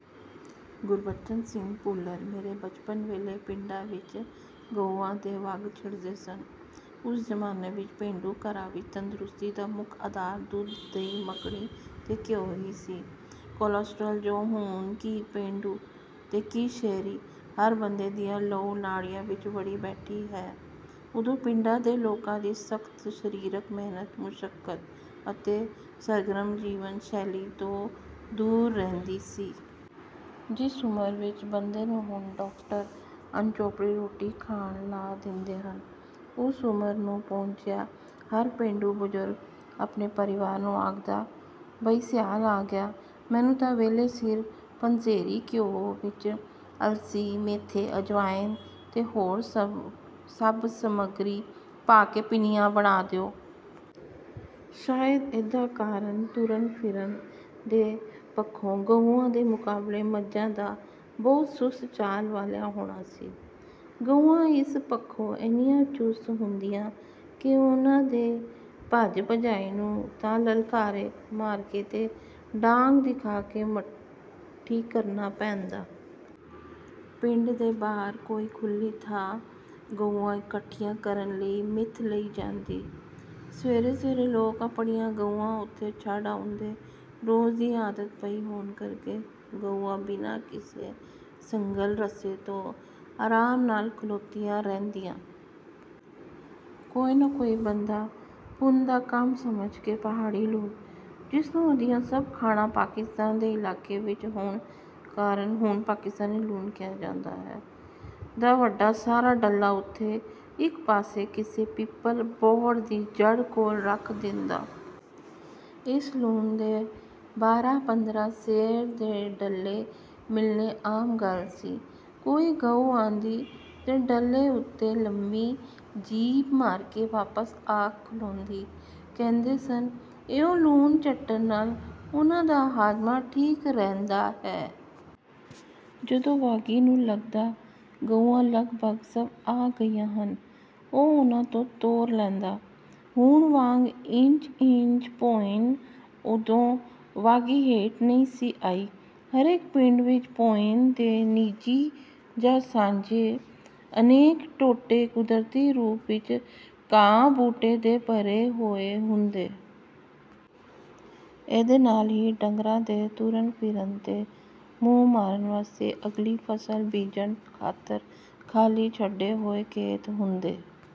ਗੁਰਬਚਨ ਸਿੰਘ ਭੁੱਲਰ ਮੇਰੇ ਬਚਪਨ ਵੇਲੇ ਪਿੰਡਾਂ ਵਿੱਚ ਗਊਆਂ ਦੇ ਵੱਗ ਛਿੜਦੇ ਸਨ। ਉਸ ਜ਼ਮਾਨੇ ਵਿਚ ਪੇਂਡੂ ਘਰਾਂ ਵਿਚ ਤੰਦਰੁਸਤੀ ਦਾ ਮੁੱਖ ਅਧਾਰ ਦੁੱਧ, ਦਹੀਂ, ਮਖਣੀ ਤੇ ਘਿਓ ਹੀ ਸੀ। ਕੋਲੈਸਟਰੋਲ, ਜੋ ਹੁਣ ਕੀ ਪੇਂਡੂ ਤੇ ਕੀ ਸ਼ਹਿਰੀ ਹਰ ਬੰਦੇ ਦੀਆਂ ਲਹੂ-ਨਾੜੀਆਂ ਵਿੱਚ ਵੜੀ ਬੈਠੀ ਹੈ, ਉਦੋਂ ਪਿੰਡਾਂ ਦੇ ਲੋਕਾਂ ਦੀ ਸਖ਼ਤ ਸਰੀਰਕ ਮਿਹਨਤ-ਮੁਸ਼ੱਕਤ ਅਤੇ ਸਰਗਰਮ ਜੀਵਨ-ਸ਼ੈਲੀ ਤੋਂ ਦੂਰ ਰਹਿੰਦੀ ਸੀ। ਜਿਸ ਉਮਰ ਵਿੱਚ ਬੰਦੇ ਨੂੰ ਹੁਣ ਡਾਕਟਰ ਅਣਚੋਪੜੀ ਰੋਟੀ ਖਾਣ ਲਾ ਦਿੰਦੇ ਹਨ, ਉਸ ਉਮਰ ਨੂੰ ਪਹੁੰਚਿਆ ਹਰ ਪੇਂਡੂ ਬਜ਼ੁਰਗ ਆਪਣੇ ਪਰਿਵਾਰ ਨੂੰ ਆਖਦਾ, "ਬਈ ਸਿਆਲ ਆ ਗਿਆ। ਮੈਨੂੰ ਤਾਂ ਵੇਲੇ-ਸਿਰ ਪੰਸੇਰੀ ਘਿਓ ਵਿਚ ਅਲਸੀ, ਮੇਥੇ, ਅਜਵਾਇਨ ਤੇ ਹੋਰ ਸਭ ਸਮਗਰੀ ਪਾ ਕੇ ਪਿੰਨੀਆਂ ਬਣਾ ਦਿਓ।" ਸ਼ਾਇਦ ਇਹਦਾ ਕਾਰਨ ਤੁਰਨ-ਫਿਰਨ ਦੇ ਪੱਖੋਂ ਗਊਆਂ ਦੇ ਮੁਕਾਬਲੇ ਮੱਝਾਂ ਦਾ ਬਹੁਤ ਸੁਸਤ ਚਾਲ ਵਾਲੀਆਂ ਹੋਣਾ ਸੀ। ਗਊਆਂ ਇਸ ਪੱਖੋਂ ਏਨੀਆਂ ਚੁਸਤ ਹੁੰਦੀਆਂ ਕਿ ਉਨ੍ਹਾਂ ਦੀ ਭੱਜ-ਭਜਾਈ ਨੂੰ ਤਾਂ ਲਲਕਾਰੇ ਮਾਰ ਕੇ ਤੇ ਡਾਂਗ ਦਿਖਾ ਕੇ ਮੱਠੀ ਕਰਨਾ ਪੈਂਦਾ। ਪਿੰਡ ਦੇ ਬਾਹਰ ਕੋਈ ਖੁੱਲ੍ਹੀ ਥਾਂ ਗਊਆਂ ਇਕੱਠੀਆਂ ਕਰਨ ਲਈ ਮਿਥ ਲਈ ਜਾਂਦੀ। ਸਵੇਰੇ-ਸਵੇਰੇ ਲੋਕ ਆਪਣੀਆਂ ਗਊਆਂ ਉਥੇ ਛੱਡ ਆਉਂਦੇ। ਰੋਜ਼ ਦੀ ਆਦਤ ਪਈ ਹੋਣ ਕਰਕੇ ਗਊਆਂ ਬਿਨਾਂ ਕਿਸੇ ਸੰਗਲ-ਰੱਸੇ ਤੋਂ ਆਰਾਮ ਨਾਲ ਖਲੋਤੀਆਂ ਰਹਿੰਦੀਆਂ। ਕੋਈ ਨਾ ਕੋਈ ਬੰਦਾ ਪੁੰਨ ਦਾ ਕੰਮ ਸਮਝ ਕੇ ਪਹਾੜੀ ਲੂਣ, ਜਿਸ ਨੂੰ ਉਹਦੀਆਂ ਸਭ ਖਾਣਾਂ ਪਾਕਿਸਤਾਨ ਦੇ ਇਲਾਕੇ ਵਿਚ ਹੋਣ ਕਾਰਨ ਹੁਣ ਪਾਕਿਸਤਾਨੀ ਲੂਣ ਕਿਹਾ ਜਾਂਦਾ ਹੈ, ਦਾ ਵੱਡਾ ਸਾਰਾ ਡਲਾ ਉਥੇ ਇੱਕ ਪਾਸੇ ਕਿਸੇ ਪਿੱਪਲ-ਬੋਹੜ ਦੀ ਜੜ ਕੋਲ ਰੱਖ ਦਿੰਦਾ। ਇਸ ਲੂਣ ਦੇ ਬਾਰਾਂ-ਪੰਦਰਾਂ ਸੇਰ ਦੇ ਡਲੇ ਮਿਲਣੇ ਆਮ ਗੱਲ ਸੀ। ਕੋਈ ਗਊ ਆਉਂਦੀ ਤੇ ਡਲੇ ਉਤੇ ਲੰਮੀ ਜੀਭ ਮਾਰ ਕੇ ਵਾਪਸ ਜਾ ਖਲੋਂਦੀ। ਕਹਿੰਦੇ ਸਨ, ਇਉਂ ਲੂਣ ਚੱਟਣ ਨਾਲ ਉਨ੍ਹਾਂ ਦਾ ਹਾਜ਼ਮਾ ਠੀਕ ਰਹਿੰਦਾ ਹੈ। ਜਦੋਂ ਵਾਗੀ ਨੂੰ ਲਗਦਾ, ਗਊਆਂ ਲਗਭਗ ਸਭ ਆ ਗਈਆਂ ਹਨ, ਉਹ ਉਨ੍ਹਾਂ ਤੋਂ ਤੋਰ ਲੈਂਦਾ। ਹੁਣ ਵਾਂਗ ਇੰਚ-ਇੰਚ ਭੋਇੰ ਉਦੋਂ ਵਾਗੀ ਹੇਠ ਨਹੀਂ ਸੀ ਆਈ। ਹਰੇਕ ਪਿੰਡ ਵਿਚ ਭੋਇੰ ਦੇ ਨਿੱਜੀ ਜਾਂ ਸਾਂਝੇ ਅਨੇਕ ਟੋਟੇ ਕੁਦਰਤੀ ਰੂਪ ਵਿਚ ਘਾਹ-ਬੂਟੇ ਦੇ ਭਰੇ ਹੋਏ ਹੁੰਦੇ। ਇਹਦੇ ਨਾਲ ਹੀ ਡੰਗਰਾਂ ਦੇ ਤੁਰਨ-ਫਿਰਨ ਤੇ ਮੂੰਹ ਮਾਰਨ ਵਾਸਤੇ ਅਗਲੀ ਫ਼ਸਲ ਬੀਜਣ ਖ਼ਾਤਰ ਖਾਲੀ ਛੱਡੇ ਹੋਏ ਖੇਤ ਹੁੰਦੇ।